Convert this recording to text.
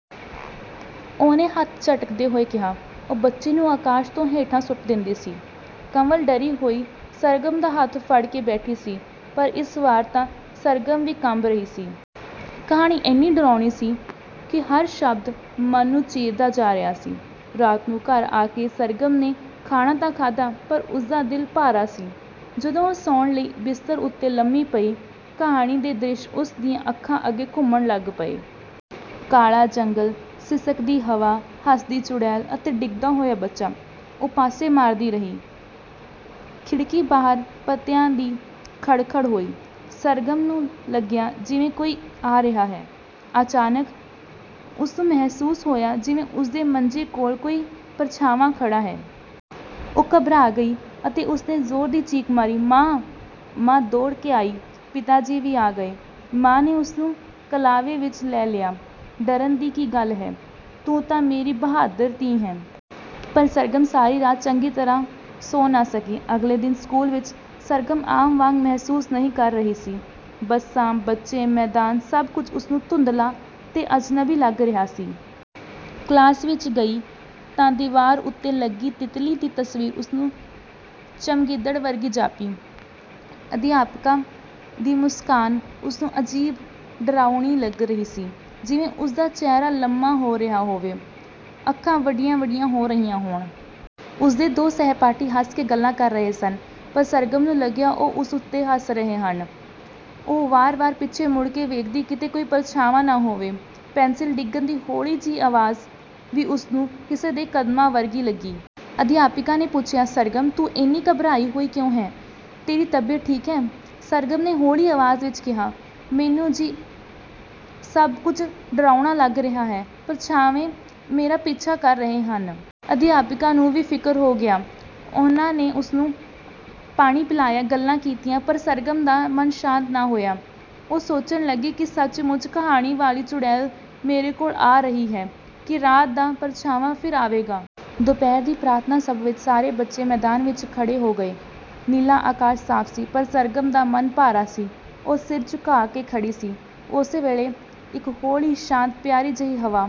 ਉਹਨੇ ਹੱਥ ਝਟਕਦੇ ਹੋਏ ਕਿਹਾ, ਉਹ ਬੱਚੇ ਨੂੰ ਆਕਾਸ਼ ਤੋਂ ਹੇਠਾਂ ਸੁੱਟ ਦਿੰਦੀ ਸੀ। ਕੰਵਲ ਡਰੀ ਹੋਈ ਸਰਗਮ ਦਾ ਹੱਥ ਫੜ ਕੇ ਬੈਠੀ ਸੀ ਪਰ ਇਸ ਵਾਰ ਤਾਂ ਸਰਗਮ ਵੀ ਕੰਬ ਰਹੀ ਸੀ। ਕਹਾਣੀ ਐਨੀ ਡਰਾਉਣੀ ਸੀ ਕਿ ਹਰ ਸ਼ਬਦ ਮਨ ਨੂੰ ਚੀਰਦਾ ਜਾ ਰਿਹਾ ਸੀ। ਰਾਤ ਨੂੰ ਘਰ ਆ ਕੇ ਸਰਗਮ ਨੇ ਖਾਣਾ ਤਾਂ ਖਾਧਾ, ਪਰ ਉਸਦਾ ਦਿਲ ਭਾਰਾ ਸੀ। ਜਦੋਂ ਉਹ ਸੌਣ ਲਈ ਬਿਸਤਰ 'ਤੇ ਲੰਮੀ ਪਈ, ਕਹਾਣੀ ਦੇ ਦ੍ਰਿਸ਼ ਉਸ ਦੀਆਂ ਅੱਖਾਂ ਅੱਗੇ ਘੁੰਮਣ ਲੱਗ ਪਏ। ਕਾਲ਼ਾ ਜੰਗਲ਼, ਸਿਸਕਦੀ ਹਵਾ, ਹੱਸਦੀ ਚੁੜੇਲ ਅਤੇ ਡਿੱਗਦਾ ਹੋਇਆ ਬੱਚਾ। ਉਹ ਪਾਸੇ ਮਾਰਦੀ ਰਹੀ। ਖਿੜਕੀ ਬਾਹਰ ਪੱਤਿਆਂ ਦੀ ਖੜਖੜ ਹੋਈ। ਸਰਗਮ ਨੂੰ ਲੱਗਿਆ ਜਿਵੇਂ ਕੋਈ ਆ ਰਿਹਾ ਹੈ। ਅਚਾਨਕ ਉਸਨੂੰ ਮਹਿਸੂਸ ਹੋਇਆ ਜਿਵੇਂ ਉਸਦੇ ਮੰਜੇ ਕੋਲ਼ ਕੋਈ ਪਰਛਾਂਵਾਂ ਖੜ੍ਹਾ ਹੈ। ਉਹ ਘਬਰਾ ਗਈ ਅਤੇ ਉਸਨੇ ਜ਼ੋਰ ਦੀ ਚੀਕ ਮਾਰੀ "ਮਾਂ! " ਮਾਂ ਦੌੜ ਕੇ ਆਈ, ਪਿਤਾ ਜੀ ਵੀ ਆ ਗਏ। ਮਾਂ ਨੇ ਉਸਨੂੰ ਕਲ਼ਾਵੇ ਵਿੱਚ ਲੈ ਲਿਆ। "ਡਰਨ ਦੀ ਕੀ ਗੱਲ ਹੈ? ਤੂੰ ਤਾਂ ਮੇਰੀ ਬਹਾਦੁਰ ਧੀ ਹੈ।" ਪਰ ਸਰਗਮ ਸਾਰੀ ਰਾਤ ਚੰਗੀ ਤਰ੍ਹਾਂ ਸੌਂ ਨਾ ਸਕੀ। ਅਗਲੇ ਦਿਨ ਸਕੂਲ ਵਿੱਚ ਸਰਗਮ ਆਮ ਵਾਂਗ ਮਹਿਸੂਸ ਨਹੀਂ ਕਰ ਰਹੀ ਸੀ। ਬੱਸਾਂ, ਬੱਚੇ, ਮੈਦਾਨ ਸਭ ਕੁਝ ਉਸਨੂੰ ਧੁੰਦਲ਼ਾ ਤੇ ਅਜਨਬੀ ਲੱਗ ਰਿਹਾ ਸੀ। ਕਲਾਸ ਵਿੱਚ ਗਈ ਤਾਂ ਦੀਵਾਰ 'ਤੇ ਲੱਗੀ ਤਿਤਲੀ ਦੀ ਤਸਵੀਰ ਉਸਨੂੰ ਚਮਗਿੱਦੜ ਵਰਗੀ ਜਾਪੀ। ਅਧਿਆਪਕਾ ਦੀ ਮੁਸਕਾਨ ਉਸਨੂੰ ਅਜੀਬ ਡਰਾਉਣੀ ਲੱਗ ਰਹੀ ਸੀ ਜਿਵੇਂ ਉਸਦਾ ਚਿਹਰਾ ਲੰਮਾ ਹੋ ਰਿਹਾ ਹੋਵੇ, ਅੱਖਾਂ ਵੱਡੀਆਂ-ਵੱਡੀਆਂ ਹੋ ਰਹੀਆਂ ਹੋਣ। ਉਸਦੇ ਦੋ ਸਹਿਪਾਠੀ ਹੱਸ ਕੇ ਗੱਲਾਂ ਕਰ ਰਹੇ ਸਨ, ਪਰ ਸਰਗਮ ਨੂੰ ਲੱਗਿਆ ਉਹ ਉਸ 'ਤੇ ਹੀ ਹੱਸ ਰਹੇ ਹਨ। ਉਹ ਵਾਰ-ਵਾਰ ਪਿੱਛੇ ਮੁੜ ਕੇ ਵੇਖਦੀ ਕਿਤੇ ਕੋਈ ਪਰਛਾਵਾਂ ਨਾ ਹੋਵੇ। ਪੈਂਸਿਲ ਡਿੱਗਣ ਦੀ ਹੌਲ਼ੀ ਆਵਾਜ਼ ਵੀ ਉਸਨੂੰ ਕਿਸੇ ਦੇ ਕਦਮਾਂ ਵਰਗੀ ਲੱਗੀ। ਅਧਿਆਪਿਕਾ ਨੇ ਪੁੱਛਿਆ, "ਸਰਗਮ, ਤੂੰ ਇੰਨੀ ਘਬਰਾਈ ਹੋਈ ਕਿਉਂ ਹੈਂ, ਤੇਰੀ ਤਬੀਅਤ ਠੀਕ ਹੈ?" ਸਰਗਮ ਨੇ ਹੌਲ਼ੀ ਆਵਾਜ਼ ਵਿੱਚ ਕਿਹਾ, "ਮੈਨੂੰ ਜੀ ਸਭ ਕੁਝ ਡਰਾਉਣਾ ਲੱਗ ਰਿਹਾ ਹੈ, ਪਰਛਾਵੇਂ ਮੇਰਾ ਪਿੱਛਾ ਕਰ ਰਹੇ ਨੇ।" ਅਧਿਆਪਿਕਾ ਨੂੰ ਵੀ ਫਿਕਰ ਹੋ ਗਿਆ। ਉਹਨਾਂ ਨੇ ਉਸਨੂੰ ਪਾਣੀ ਪਿਲਾਇਆ, ਗੱਲਾਂ ਕੀਤੀਆਂ, ਪਰ ਸਰਗਮ ਦਾ ਮਨ ਸ਼ਾਂਤ ਨਾ ਹੋਇਆ। ਉਹ ਸੋਚਣ ਲੱਗੀ ਕੀ ਸੱਚਮੁੱਚ ਕਹਾਣੀ ਵਾਲ਼ੀ ਚੁੜੇਲ ਮੇਰੇ ਕੋਲ਼ ਆ ਰਹੀ ਹੈ, ਕੀ ਰਾਤ ਦਾ ਪਰਛਾਵਾਂ ਫਿਰ ਆਵੇਗਾ? ਦੁਪਹਿਰ ਦੀ ਪ੍ਰਾਰਥਨਾ ਸਭਾ ਵਿੱਚ ਸਾਰੇ ਬੱਚੇ ਮੈਦਾਨ ਵਿੱਚ ਖੜ੍ਹੇ ਹੋ ਗਏ। ਨੀਲਾ ਆਕਾਸ਼ ਸਾਫ ਸੀ, ਪਰ ਸਰਗਮ ਦਾ ਮਨ ਭਾਰਾ ਸੀ। ਉਹ ਸਿਰ ਝੁਕਾ ਕੇ ਖੜ੍ਹੀ ਸੀ। ਉਸੇ ਵੇਲ਼ੇ ਇਕ ਹੌਲ਼ੀ, ਸ਼ਾਂਤ, ਪਿਆਰੀ ਜਿਹੀ ਹਵਾ